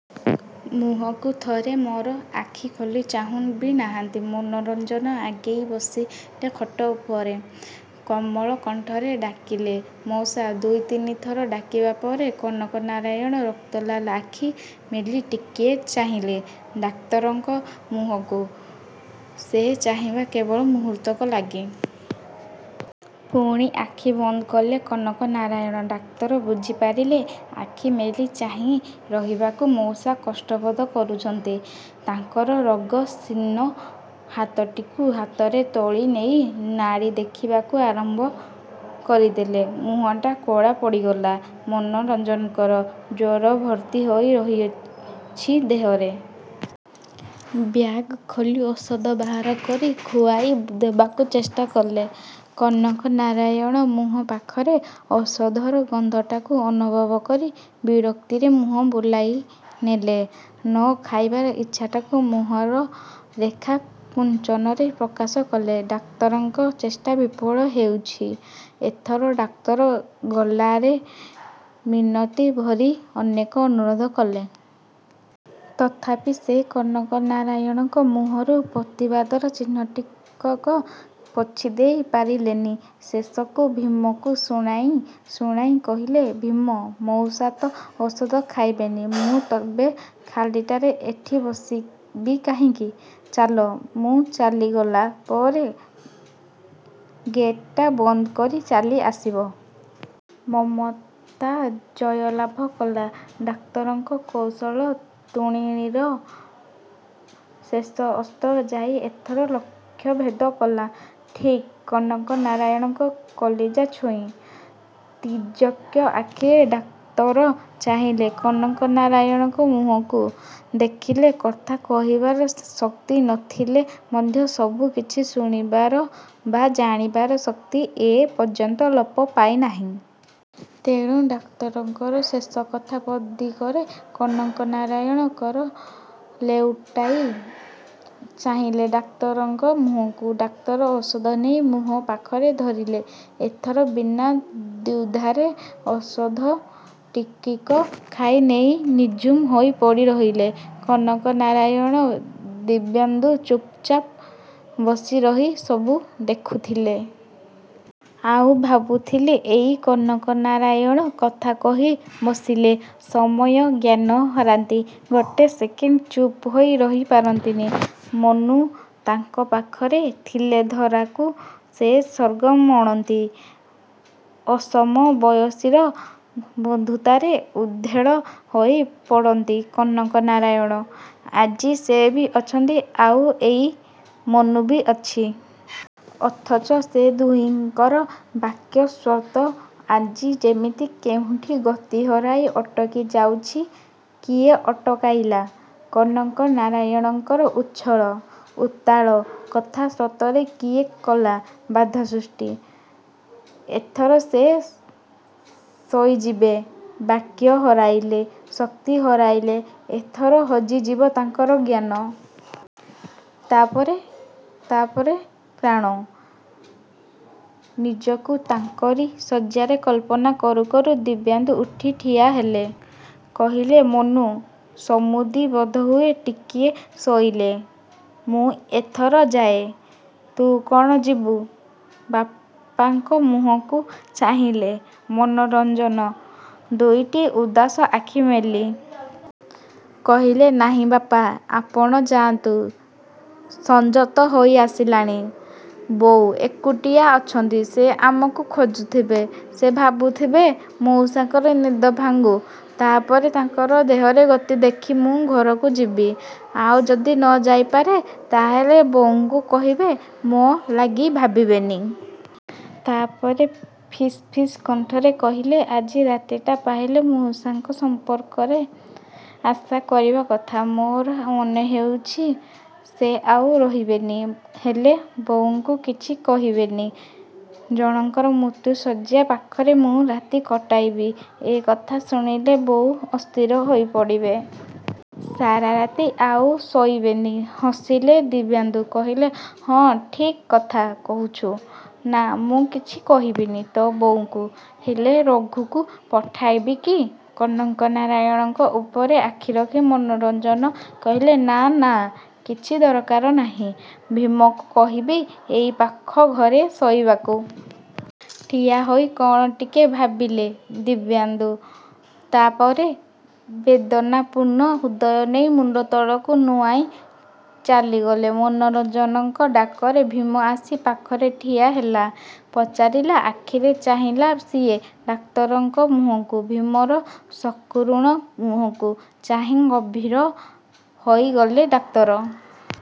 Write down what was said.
ମୁହଁକୁ ଥରେ ମୋର ଆଖି ଖୋଲି ଚାହୁଁ ବି ନାହାନ୍ତି। ମନୋରଞ୍ଜନ ଆଗେଇ ବସିଲେ ଖଟ ଉପରେ। କୋମଳ କଣ୍ଠରେ ଡାକିଲେ, ମଉସା! ଦୁଇ ତିନିଥର ଡାକିବା ପରେ କନକନାରାୟଣ ରକ୍ତଲାଲ ଆଖି ମେଲି ଟିକିଏ ଚାହିଁଲେ ଡାକ୍ତରଙ୍କ ମୁହଁକୁ। ସେ ଚାହିଁବା କେବଳ ମୁହୂର୍ତ୍ତକ ଲାଗି। ପୁଣି ଆଖି ବନ୍ଦ କଲେ କନକନାରାୟଣ। ଡାକ୍ତର ବୁଝି ପାରିଲେ, ଆଖି ମେଲି ଚାହିଁ ରହିବାକୁ ମଉସା କଷ୍ଟବୋଧ କରୁଛନ୍ତି। ତାଙ୍କର ରୋଗ-ଶୀର୍ଣ୍ଣ ହାତଟିକୁ ହାତରେ ତୋଳି ନେଇ ନାଡ଼ି ଦେଖିବାକୁ ଆରମ୍ଭ କରିଦେଲେ। ମୁହଁଟା କଳା ପଡ଼ିଗଲା ମନୋରଞ୍ଜନଙ୍କର। ଜ୍ୱର ଭର୍ତ୍ତି ହୋଇ ରହିଛି ଦେହରେ। ବ୍ୟାଗ୍ ଖୋଲି ଔଷଧ ବାହାର କରି ଖୁଆଇ ଦେବାକୁ ଚେଷ୍ଟା କଲେ। କନକନାରାୟଣ ମୁହଁ ପାଖରେ ଔଷଧର ଗନ୍ଧଟାକୁ ଅନୁଭବ କରି ବିରକ୍ତିରେ ମୁହଁ ବୁଲାଇ ନେଲେ। ନ ଖାଇବାର ଇଚ୍ଛାଟାକୁ ମୁହଁର ରେଖା କୁଞ୍ଚନରେ ପ୍ରକାଶ କଲେ। ଡାକ୍ତରଙ୍କ ଚେଷ୍ଟା ବିଫଳ ହେଉଛି। ଏଥର ଡାକ୍ତର ଗଲାରେ ମିନତି ଭରି ଅନେକ ଅନୁରୋଧ କଲେ। ତଥାପି ସେ କନକନାରାୟଣଙ୍କ ମୁହଁରୁ ପ୍ରତିବାଦର ଚିହ୍ନଟିକକ ପୋଛି ଦେଇ ପାରିଲେନି। ଶେଷକୁ, ଭୀମକୁ ଶୁଣାଇ ଶୁଣାଇ କହିଲେ, ଭୀମ! ମଉସା ତ ଔଷଧ ଖାଇବେନି। ମୁଁ ତେବେ ଖାଲିଟାରେ ଏଠି ବସିବି କାହିଁକି? ଚାଲ, ମୁଁ ଚାଲିଗଲା ପରେ ଗେଟ୍‌ଟା ବନ୍ଦ କରି ଚାଲି ଆସିବ। ମମତା ଜୟଲାଭ କଲା। ଡାକ୍ତରଙ୍କ କୌଶଳ ତୁଣୀରର ଶେଷ ଅସ୍ତ୍ର ଯାଇ ଏଥର ଲକ୍ଷ୍ୟଭେଦ କଲା, ଠିକ୍ କନକନାରାୟଣଙ୍କ କଲିଜା ଛୁଇଁ। ତୀର୍ଯ୍ୟକ ଆଖିରେ ଡାକ୍ତର ଚାହିଁଲେ କନକନାରାୟଣଙ୍କ ମୁହଁକୁ। ଦେଖିଲେ, କଥା କହିବାର ଶକ୍ତି ନ ଥିଲେ ମଧ୍ୟ ସବୁ କିଛି ଶୁଣିବାର ବା ଜାଣିବାର ଶକ୍ତି ଏ ପର୍ଯ୍ୟନ୍ତ ଲୋପ ପାଇନାହିଁ। ତେଣୁ ଡାକ୍ତରଙ୍କର ଶେଷକଥା ପଦିକରେ କନକନାରାୟଣ କର ଲେଉଟାଇ ଚାହିଁଲେ ଡାକ୍ତରଙ୍କ ମୁହଁକୁ। ଡାକ୍ତର ଔଷଧ ନେଇ ମୁହଁ ପାଖରେ ଧରିଲେ। ଏଥର ବିନା ଦ୍ୱିଧାରେ ଔଷଧ ଟିକକ ଖାଇନେଇ ନିଝୁମ ହୋଇ ପଡ଼ି ରହିଲେ କନକନାରାୟଣ। ଦିବ୍ୟେନ୍ଦୁ ଚୁପ୍‌ଚାପ୍ ବସି ରହି ସବୁ ଦେଖୁଥିଲେ। ଆଉ ଭାବୁଥିଲେ ଏଇ କନକନାରାୟଣ କଥା କହି ବସିଲେ ସମୟ ଜ୍ଞାନ ହରାନ୍ତି। ଗୋଟେ ସେକେଣ୍ଡ ଚୁପ୍ ହୋଇ ରହି ପାରନ୍ତିନି। ମନୁ ତାଙ୍କ ପାଖରେ ଥିଲେ ଧରାକୁ ସେ ସ୍ୱର୍ଗ ମଣନ୍ତି। ଅସମବୟସୀର ବନ୍ଧୁତାରେ ଉଦ୍ଦେଳ ହୋଇ ପଡ଼ନ୍ତି କନକନାରାୟଣ। ଆଜି ସେ ବି ଅଛନ୍ତି ଆଉ ଏଇ ମନୁ ବି ଅଛି। ଅଥଚ ସେ ଦୁହିଁଙ୍କର ବାକ୍ୟ ସ୍ରୋତ ଆଜି ଯେମିତି କେଉଁଠି ଗତି ହରାଇ ଅଟକି ଯାଉଛି। କିଏ ଅଟକାଇଲା? କନକନାରାୟଣଙ୍କର ଉଚ୍ଛଳ, ଉତ୍ତାଳ କଥା-ସ୍ରୋତରେ କିଏ କଲା ବାଧା ସୃଷ୍ଟି? ଏଥର ସେ ଶୋଇଯିବେ। ବାକ୍ୟ ହରାଇଲେ, ଶକ୍ତି ହରାଇଲେ, ଏଥର ହଜିଯିବ ତାଙ୍କର ଜ୍ଞାନ। ତା' ପରେ, ତା' ପରେ ପ୍ରାଣ। ନିଜକୁ ତାଙ୍କରି ଶଯ୍ୟାରେ କଳ୍ପନା କରୁ କରୁ ଦିବ୍ୟେନ୍ଦୁ ଉଠି ଠିଆ ହେଲେ। କହିଲେ ମନୁ, ସମୁଦି ବୋଧହୁଏ ଟିକିଏ ଶୋଇଲେ। ମୁଁ ଏଥର ଯାଏ? ତୁ କ'ଣ ଯିବୁ? ବାପାଙ୍କ ମୁହଁକୁ ଚାହିଁଲେ ମନୋରଞ୍ଜନ ଦୁଇଟି ଉଦାସ ଆଖି ମେଲି। କହିଲେ ନାହିଁ ବାପା, ଆପଣ ଯାଆନ୍ତୁ। ସଞ୍ଜ ତ ହୋଇ ଆସିଲା। ବୋଉ ଏକୁଟିଆ ଅଛନ୍ତି। ସେ ଆମକୁ ଖୋଜୁଥିବେ, ସେ ଭାବୁଥିବେ। ମଉସାଙ୍କର ନିଦ ଭାଙ୍ଗୁ। ତା' ପରେ, ତାଙ୍କର ଦେହର ଗତି ଦେଖି ମୁଁ ଘରକୁ ଯିବି। ଆଉ ଯଦି ନ ଯାଇପାରେ, ତାହାହେଲେ ବୋଉଙ୍କୁ କହିବେ, ମୋ ଲାଗି ଭାବିବେନି। ତା' ପରେ ଫିସ୍ ଫିସ୍ କଣ୍ଠରେ କହିଲେ, ଆଜି ରାତିଟା ପାହିଲେ ମଉସାଙ୍କ ସମ୍ପର୍କରେ ଆଶା କରିବା କଥା। ମୋର ମନେ ହେଉଛି ସେ ଆଉ ରହିବେନି। ହେଲେ, ବୋଉଙ୍କୁ କିଛି କହିବେନି। ଜଣଙ୍କର ମୃତ୍ୟୁଶଯ୍ୟା ପାଖରେ ମୁଁ ରାତି କଟାଇବି ଏ କଥା ଶୁଣିଲେ ବୋଉ ଅସ୍ଥିର ହୋଇ ପଡ଼ିବେ। ସାରା ରାତି ଆଉ ଶୋଇବେନି। ହସିଲେ ଦିବ୍ୟେନ୍ଦୁ। କହିଲେ, ହଁ ଠିକ୍ କଥା କହୁଛୁ। ନା, ମୁଁ କିଛି କହିବିନି ତୋ ବୋଉଙ୍କୁ। ହେଲେ ରଘୁକୁ ପଠାଇବି କି? କନକନାରାୟଣଙ୍କ ଉପରେ ଆଖି ରଖି ମନୋରଞ୍ଜନ କହିଲେ ନାଁ, ନାଁ, କିଛି ଦରକାର ନାହିଁ। ଭୀମକୁ କହିବି ଏଇ ପାଖ ଘରେ ଶୋଇବାକୁ। ଠିଆ ହୋଇ କ'ଣ ଟିକେ ଭାବିଲେ ଦିବ୍ୟେନ୍ଦୁ। ତା' ପରେ, ବେଦନାପୂର୍ଣ୍ଣ ହୃଦୟ ନେଇ ମୁଣ୍ଡ ତଳକୁ ନୁଆଁଇ ଚାଲିଗଲେ। ମନୋରଞ୍ଜନଙ୍କ ଡାକରେ ଭୀମ ଆସି ପାଖରେ ଠିଆ ହେଲା। ପଚାରିଲା ଆଖିରେ ଚାହିଁଲା ସିଏ ଡାକ୍ତରଙ୍କ ମୁହଁକୁ। ଭୀମର ସକରୁଣ ମୁହଁକୁ ଚାହିଁ ଗମ୍ଭୀର ହୋଇଗଲେ ଡାକ୍ତର।